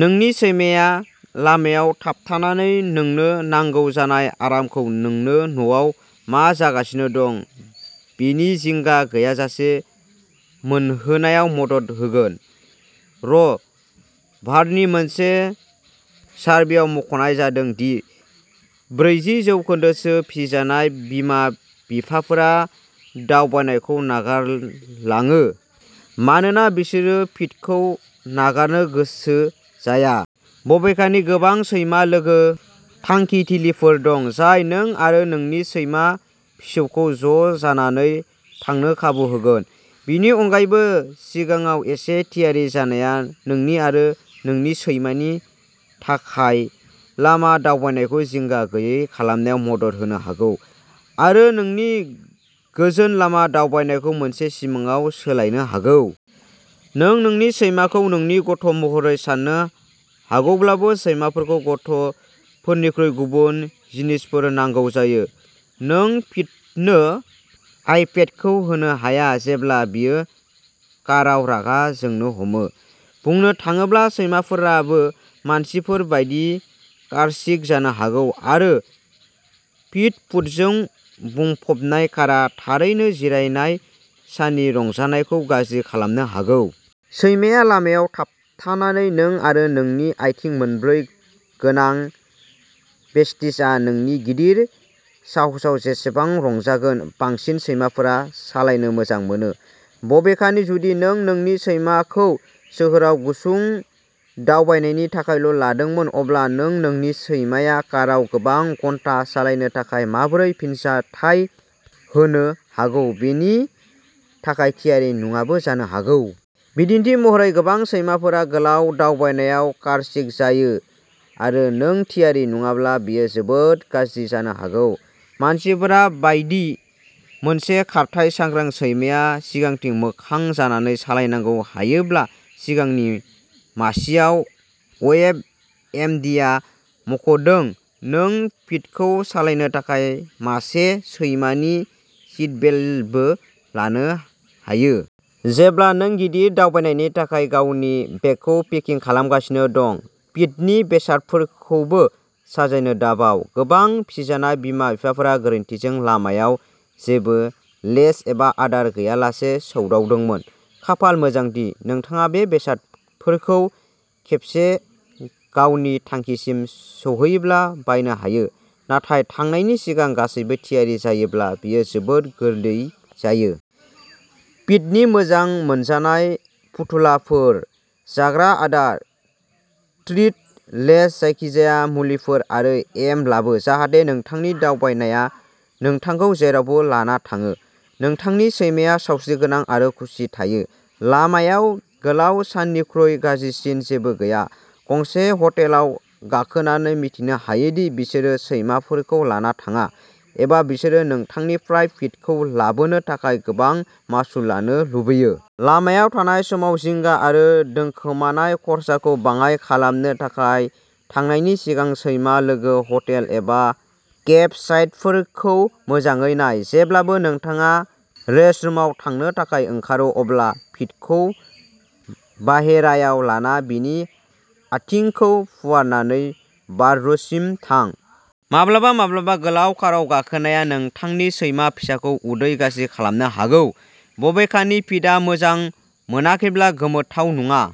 नोंनि सैमाया लामायाव थाबथानानै नोंनो नांगौ जानाय आरामखौ नोंनो न'आव मा जागासिनो दं बेनि जिंगा गैयाजासे मोनहोनायाव मदद होगोन। र'भारनि मोनसे सारभेयाव मुंख'नाय जादों दि ब्रैजि जौखोन्दोसो फिसिनाय बिमा-बिफाफोरा दावबायनायखौ नागारलाङो मानोना बिसोरो फिड'खौ नागारनो गोसो जाया। बबेखानि, गोबां सैमा-लोगो थांखिथिलिफोर दं जाय नों आरो नोंनि सैमा-फिसौखौ ज'जानानै थांनो खाबु होगोन। बेनि अनगायैबो, सिगाङाव एसे थियारि जानाया नोंनि आरो नोंनि सैमानि थाखाय लामा दावबायनायखौ जिंगा गैयै खालामनायाव मदद होनो हागौ, आरो नोंनि गोजोन लामा दावबायनायखौ मोनसे सिमांआव सोलायनो हागौ। नों नोंनि सैमाखौ नोंनि गथ' महरै साननो हागौब्लाबो, सैमाफोरखौ गथ' फोरनिख्रुइ गुबुन जिनिसफोर नांगौ जायो। नों फिड'नो आइपेडखौ होनो हाया जेब्ला बियो काराव रागा जोंनो हमो। बुंनो थाङोब्ला, सैमाफोराबो मानसिफोर बायदि कार्सिक जानो हागौ, आरो फिड'पुकजों बुंफबनाय कारआ थारैनो जिरायनाय साननि रंजानायखौ गाज्रि खालामनो हागौ। सैमाया लामायाव थाबथानानै, नों आरो नोंनि आथिं मोनब्रै गोनां बेस्टीसआ नोंनि गिदिर साहसआव जेसेबां रंजागोन। बांसिन सैमाफोरा सालायनो मोजां मोनो। बबेखानि, जुदि नों नोंनि सैमाखौ सोहोराव गुसुं दावबायनायनि थाखायल' लांदोंमोन, अब्ला नों नोंनि सैमाया कारआव गोबां घन्टा सालायनो थाखाय माबोरै फिनजाथाय होनो हागौ बेनि थाखाय थियारि नङाबो जानो हागौ। बिदिन्थि महरै, गोबां सैमाफोरा गोलाव दावबायनायाव कार्सिक जायो। आरो, नों थियारि नङाब्ला, बेयो जोबोद गाज्रि जानो हागौ। मानसिफोरा बायदि, मोनसे खारथाइ-सांग्रां सैमाया सिगांथिं मोखां जानानै सालायनांगौ, हायोब्ला सिगांनि मासिआव, वेबएमडीआ मुंख'दों। नों फिड'खौ सालायनो थाखाय मासे सैमानि सिटबेल्टबो लानो हायो। जेब्ला नों गिदिर दावबायनायनि थाखाय गावनि बेगखौ पेकिं खालामगासिनो दं, फिड'नि बेसादफोरखौबो साजायनो दाबाव। गोबां फिसिनाय बिमा-बिफाफोरा गोरोन्थिजों लामाआव जेबो लेश एबा आदार गैयालासे सौदावदोंमोन। खाफाल मोजां दि, नोंथाङा बे बेसादफोरखौ खेबसे गावनि थांखिसिम सौहैब्ला बायनो हायो, नाथाय थांनायनि सिगां गासैबो थियारि जायोब्ला बेयो जोबोद गोरलै जायो। फिद'नि मोजां मोनजानाय फुथुलाफोर, जाग्रा आदार, ट्रिट, लेश, जायखिजाया मुलिफोर आरो एम लाबो, जाहाथे नोंथांनि दावबायनाया नोंथांखौ जेरावबो लाना थाङो, नोंथांनि सैमाया सावस्रिगोनां आरो खुसि थायो। लामायाव गोलाव साननिख्रुइ गाज्रिसिन जेबो गैया, गंसे हटेलाव गाखोनानै मिथिनो हायो दि बिसोरो सैमाफोरखौ लाना थाङा, एबा बिसोरो नोंथांनिफ्राय फिड'खौ लाबोनो थाखाय गोबां मासुल लानो लुबैयो। लामायाव थानाय समाव जिंगा आरो दोनखोमानाय खरसाखौ बाङाइ खालामनो थाखाय थांनायनि सिगां सैमा-लोगो हटेल एबा केम्पसाइटफोरखौ मोजाङै नाय। जेब्लानो नोंथाङा रेस्टरुमआव थांनो थाखाय ओंखारो, अब्ला फिड'खौ बाहेरायाव लाना बिनि आथिंखौ फुवारनानै बाथरुमसिम थां। माब्लाबा-माब्लाबा, गोलाव कारआव गाखोनाया नोंथांनि सैमा फिसाखौ उदै गाज्रि खालामनो हागौ, बबेखानि फिड'आ मोजां मोनाखैब्ला गोमोथाव नङा।